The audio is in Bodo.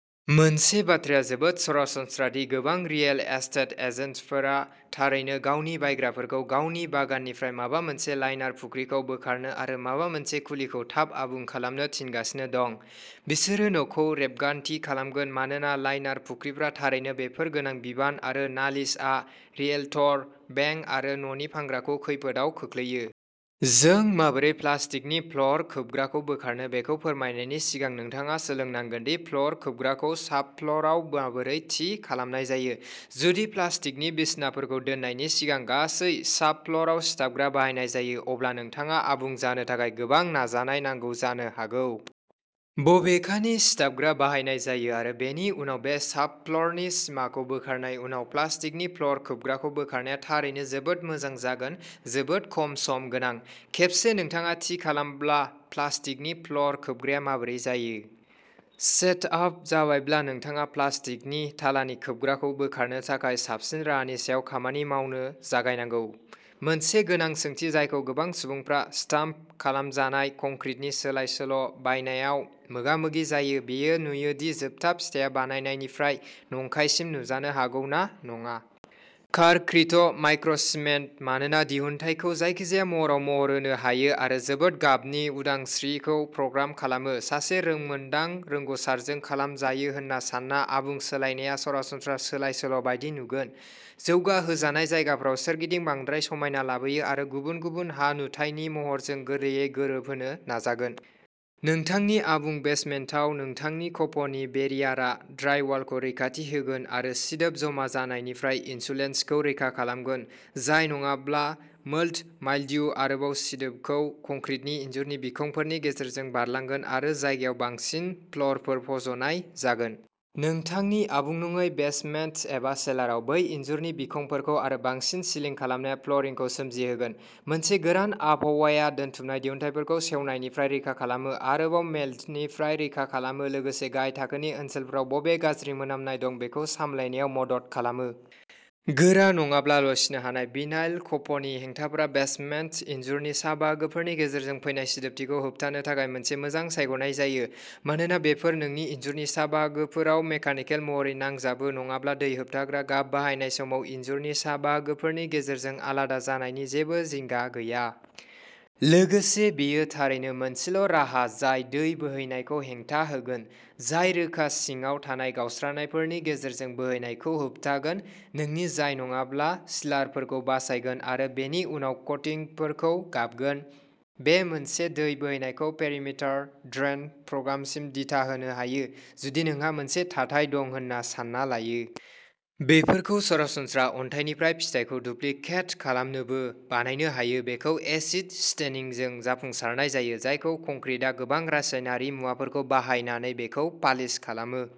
मोनसे बाथ्राया जोबोद सरासनस्रा दि गोबां रियेल एस्टेट एजेन्टफोरा थारैनो गावनि बायग्राफोरखौ गावनि बागाननिफ्राय माबा मोनसे लाइनार फुख्रिखौ बोखारनो आरो माबा मोनसे खुलिखौ थाब आबुं खालामनो थिनगासिनो दं, बिसोरो न'खौ रेबगान्थि खालामगोन मानोना लाइनार फुख्रिफोरा थारैनो बेफोर गोनां बिबान आरो नालिसआ रियेल्टर, बेंक आरो न'नि फानग्राखौ खैफोदआव खोख्लैयो। जों माबोरै प्लास्टिकनि फ्ल'र खोबग्राखौ बोखारनो बेखौ फोरमायनायनि सिगां, नोंथाङा सोलोंनांगोन दि फ्ल'र खोबग्राखौ साबफ्ल'राव माबोरै थि खालामनाय जायो। जुदि प्लास्टिकनि बिसनाफोरखौ दोननायनि सिगां गासै साबफ्ल'राव सिथाबग्रा बाहायनाय जायो, अब्ला नोंथाङा आबुं जानो थाखाय गोबां नाजानाय नांगौ जानो हागौ। बबेखानि, सिथाबग्रा बाहायनाय जायो आरो बेनि उनाव बे साबफ्ल'रनि सिमाखौ बोखारनाय, उनाव प्लास्टिकनि फ्ल'र खोबग्राखौ बोखारनाया थारैनो जोबोद मोजां जागोन, जोबोद खम सम गोनां। खेबसे नोंथाङा थि खालामब्ला प्लास्टिकनि फ्ल'र खोबग्राया माबोरै जायो। सेटआप जाबायब्ला, नोंथाङा प्लास्टिकनि थालानि खोबग्राखौ बोखारनो थाखाय साबसिन राहानि सायाव खामानि मावनो जागायनांगौ। मोनसे गोनां सोंथि जायखौ गोबां सुबुंफोरा स्टाम्प खालामजानाय कंक्रिटनि सोलाय-सोल'बायनायाव मोगामोगि जायो, बेयो नुयो दि जोबथा फिथाइया बानायनायनिफ्राय नंखायसिम नुजानो हागौ ना नङा। कारक्रिट माइक्र'सिमेन्ट'मानोना दिहुनथायखौ जायखिजाया महरआव महर होनो हायो आरो जोबोद गाबनि उदांस्रिखौ प्रग्राम खालामो, सासे रोंमोन्दां रोंग'सारजों खालामजायो होन्ना सान्ना, आबुं सोलायनाया सरासनस्रा सोलाय-सोल'बायदि नुगोन। जौगाहोजानाय जायगाफोराव सोरगिदिं बांद्राय समायना लाबोयो आरो गुबुन गुबुन हा-नुथायनि महरजों गोरलैयै गोरोबहोनो नाजागोन। नोंथांनि आबुं बेसमेन्टाव, नोंथांनि खफनि बेरियारा ड्राइवालखौ रैखाथि होगोन आरो सिदोब जमा जानायनिफ्राय इनसुलेसनखौ रैखा खालामगोन जाय नङाब्ला मोल्ड, माइल्ड्यु, आरोबाव सिदोबखौ कंक्रिटनि इनजुरनि बिखंफोरनि गेजेरजों बारलांगोन आरो जायगायाव बांसिन फ्ल'रफोर फज'नाय जागोन। नोंथांनि आबुं नङै बेसमेन्ट एबा सेलारआव, बै इनजुरनि बिखंफोरखौ आरो बांसिन सिलिं खालामनाया फ्ल'रिंखौ सोमजि होगोन। मोनसे गोरान आबहावाया, दोनथुमनाय दिहुनथायफोरखौ सेवनायनिफ्राय रैखा खालामो, आरोबाव मेल्डनिफ्राय रैखा खालामो, लोगोसे गाहाय थाखोनि ओनसोलफोराव बबे गाज्रि मोनामनाय दं बेखौ सामलायनायाव मदद खालामो। गोरा नङाब्ला लचिनो हानाय, भिनाइल खफनि हेंथाफोरा बेसमेन्ट इनजुरनि सा बाहागोफोरनि गेजेरजों फैनाय सिदोबथिखौ होबथानो थाखाय मोनसे मोजां सायख'नाय जायो। मानोना बेफोर नोंनि इनजुरनि सा बाहागोफोराव मेकानिकेल महरै नांजाबो, नङाब्ला दै होबथाग्रा गाब बाहायनाय समाव इनजुरनि सा बाहागोफोरनि गेजेरजों आलादा जानायनि जेबो जिंगा गैया। लोगोसे, बेयो थारैनो मोनसेल'राहा जाय दै बोहैनायखौ हेंथा होगोन, जाय रोखा सिङाव थानाय गावस्रानायफोरनि गेजेरजों बोहैनायखौ होबथागोनः नोंनि जाय नङाब्ला सिलारफोरखौ बासायगोन आरो बेनि उनाव कटिंगफोरखौ गाबगोन। बे मोनसे दै बोहैनायखौ पेरिमिटार ड्रेइन प्रग्रामसिम दिथा होनो हायो, जुदि नोंहा मोनसे थाथाय दं होन्ना सान्ना लायो। बेफोरखौ सरासनस्रा अन्थाइनिफ्राय फिथायखौ डुप्लिकेट खालामनोबो बानायनो हायो। बेखौ एसिड स्टेनिंजों जाफुंसारनाय जायो, जायखौ कंक्रिटआ गोबां रासायनारि मुवाफोरखौ बाहायनानै बेखौ पालिश खालामो।